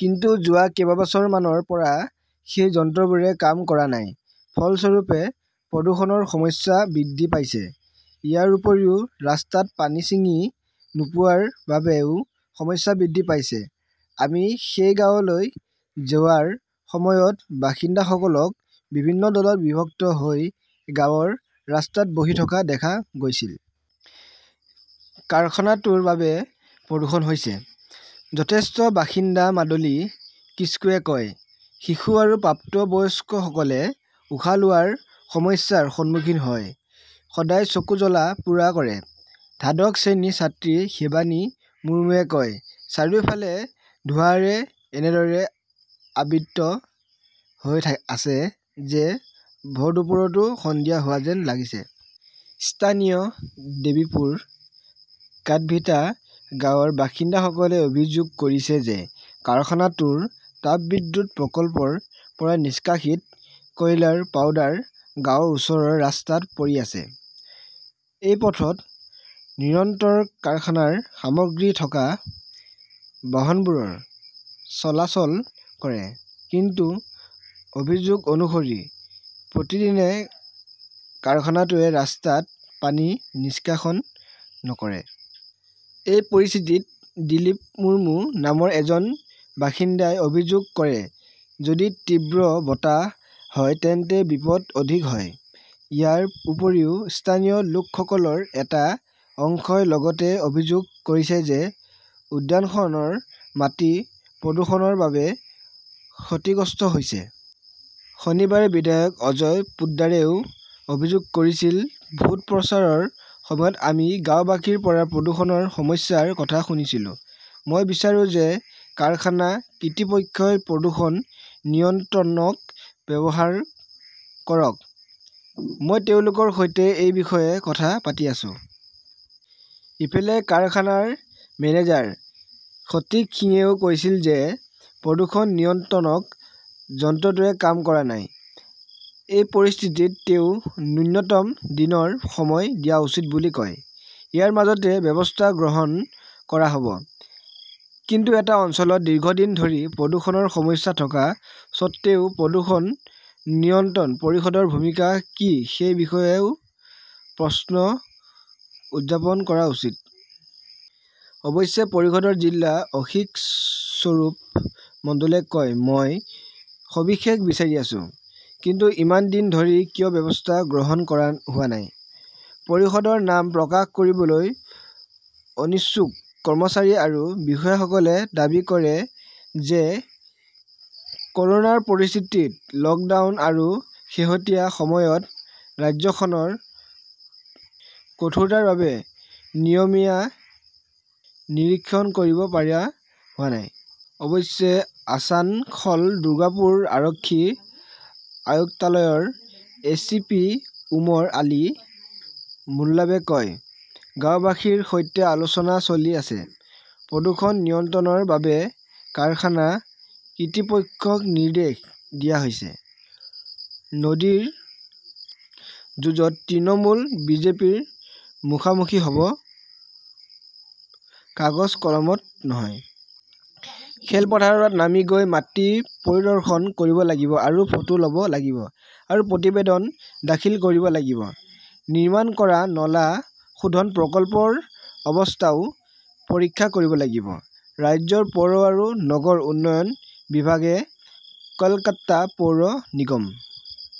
কিন্তু যোৱা কেইবছৰমানৰ পৰা সেই যন্ত্ৰবোৰে কাম কৰা নাই। ফলস্বৰূপে, প্ৰদূষণৰ সমস্যা বৃদ্ধি পাইছে। ইয়াৰ উপৰিও, ৰাস্তাত পানী ছিঙি নোপোৱাৰ বাবেও সমস্যা বৃদ্ধি পাইছে। আজি সেই গাঁৱলৈ যোৱাৰ সময়ত বাসিন্দাসকলক বিভিন্ন দলত বিভক্ত হৈ গাঁৱৰ ৰাস্তাত বহি থকা দেখা গৈছিল। "কাৰখানাটোৰ বাবে প্ৰদূষণ হৈছে", জ্যেষ্ঠ বাসিন্দা মাদলি কিস্কুৱে কয়। শিশু আৰু প্ৰাপ্তবয়স্কসকলে উশাহ লোৱাৰ সমস্যাৰ সন্মুখীন হয়। সদায় চকু জ্বলা-পোৰা কৰে। দ্বাদশ শ্ৰেণীৰ ছাত্ৰী শিৱানী মুৰ্মুৱে কয়, "চাৰিওফালে ধোঁৱাৰে এনেদৰে আবৃত হৈ আছে যে ভৰদুপুৰতো সন্ধিয়া হোৱা যেন লাগিছে। "স্থানীয় দেৱীপুৰ, কাদভিটা গাঁৱৰ বাসিন্দাসকলে অভিযোগ কৰিছে যে কাৰখানাটোৰ তাপবিদ্যুৎ প্ৰকল্পৰ পৰা নিষ্কাশিত কয়লাৰ পাউডাৰ গাঁৱৰ ওচৰৰ ৰাস্তাত পৰি আছে। এই পথত নিৰন্তৰ কাৰখানাৰ সামগ্ৰী থকা বাহনবোৰ চলাচল কৰে। কিন্তু অভিযোগ অনুসৰি প্ৰতিদিনে কাৰখানাটোৱে ৰাস্তাত পানী নিষ্কাশন নকৰে। এই পৰিস্থিতিত দিলীপ মুৰ্মু নামৰ এজন বাসিন্দাই অভিযোগ কৰে, "যদি তীব্ৰ বতাহ হয় তেন্তে বিপদ অধিক হয়। "ইয়াৰ উপৰিও, স্থানীয় লোকসকলৰ এটা অংশই লগতে অভিযোগ কৰিছে যে উদ্যানখনৰ মাটি প্ৰদূষণৰ বাবে ক্ষতিগ্ৰস্ত হৈছে। শনিবাৰে বিধায়ক অজয় পোদ্দাৰেও অভিযোগ কৰিছিল, "ভোট প্ৰচাৰৰ সময়ত আমি গাওঁবাসীৰ পৰা প্ৰদূষণৰ সমস্যাৰ কথা শুনিছিলোঁ। মই বিচাৰো যে কাৰখানা কৰ্তৃপক্ষই প্ৰদূষণ নিয়ন্ত্ৰক ব্যৱহাৰ কৰক। মই তেওঁলোকৰ সৈতে এই বিষয়ে কথা পাতি আছো। "ইফালে, কাৰখানাৰ মেনেজাৰ সতীশ সিঙেও কৈছিল যে প্ৰদূষণ নিয়ন্ত্ৰক যন্ত্ৰটোৱে কাম কৰা নাই। এই পৰিস্থিতিত তেওঁ ন্যূনতম দিনৰ সময় দিয়া উচিত বুলি কয়। ইয়াৰ মাজতে ব্যৱস্থা গ্ৰহণ কৰা হ "ব। কিন্তু এটা অঞ্চলত দীৰ্ঘদিন ধৰি প্ৰদূষণৰ সমস্যা থকা স্বত্বেও প্ৰদূষণ নিয়ন্ত্ৰণ পৰিষদৰ ভূমিকা কি সেই বিষয়েও প্ৰশ্ন উত্থাপন হৈছে। অৱশ্যে, পৰিষদৰ জিলা অধীক্ষক স্বৰূপ মণ্ডলে কয়, "মই সবিশেষ বিচাৰি আছো। "কিন্তু ইমান দিন ধৰি কিয় ব্যৱস্থা গ্ৰহণ কৰা হোৱা নাই? পৰিষদৰ নাম প্ৰকাশ কৰিবলৈ অনিচ্ছুক কৰ্মচাৰী আৰু বিষয়াসকলে দাবী কৰে যে ক "ৰোনাৰ পৰিস্থিতি, লকডাউন আৰু শেহতীয়া সময়ত ৰাজ্যখনৰ কঠোৰতাৰ বাবে নিয়মীয়া নিৰীক্ষণ কৰিব পৰা হোৱা নাই। অৱশ্যে, আছানসল-দুৰ্গাপুৰ আৰক্ষী আয়ুক্তালয়ৰ এ. চি. পি. ওমৰ আলী মোল্লাৱে কয়, "গাওঁবাসীৰ সৈতে আলোচনা চলি আছে। প্ৰদূষণ নিয়ন্ত্ৰণৰ বাবে কাৰখানা কৰ্তৃপক্ষক নিৰ্দেশ দিয়া হৈছে। "। "নদীৰ যুঁজত তৃণমূল-বিজেপিৰ মুখামুখি হ" ব! "। কাগজ-কলামত নহয়। খেলপথাৰত নামি গৈ মাটি পৰিদৰ্শন কৰিব লাগিব আৰু ফটো ল "ব লাগিব আৰু প্ৰতিবেদন দাখিল কৰিব লাগিব। নিৰ্মাণ কৰা নলা শোধন প্ৰকল্প ৰ অৱস্থাও পৰীক্ষা কৰিব লাগিব। ৰাজ্যৰ পৌৰ আৰু নগৰ উন্নয়ন বিভাগে কলকাতা পৌৰ নিগম,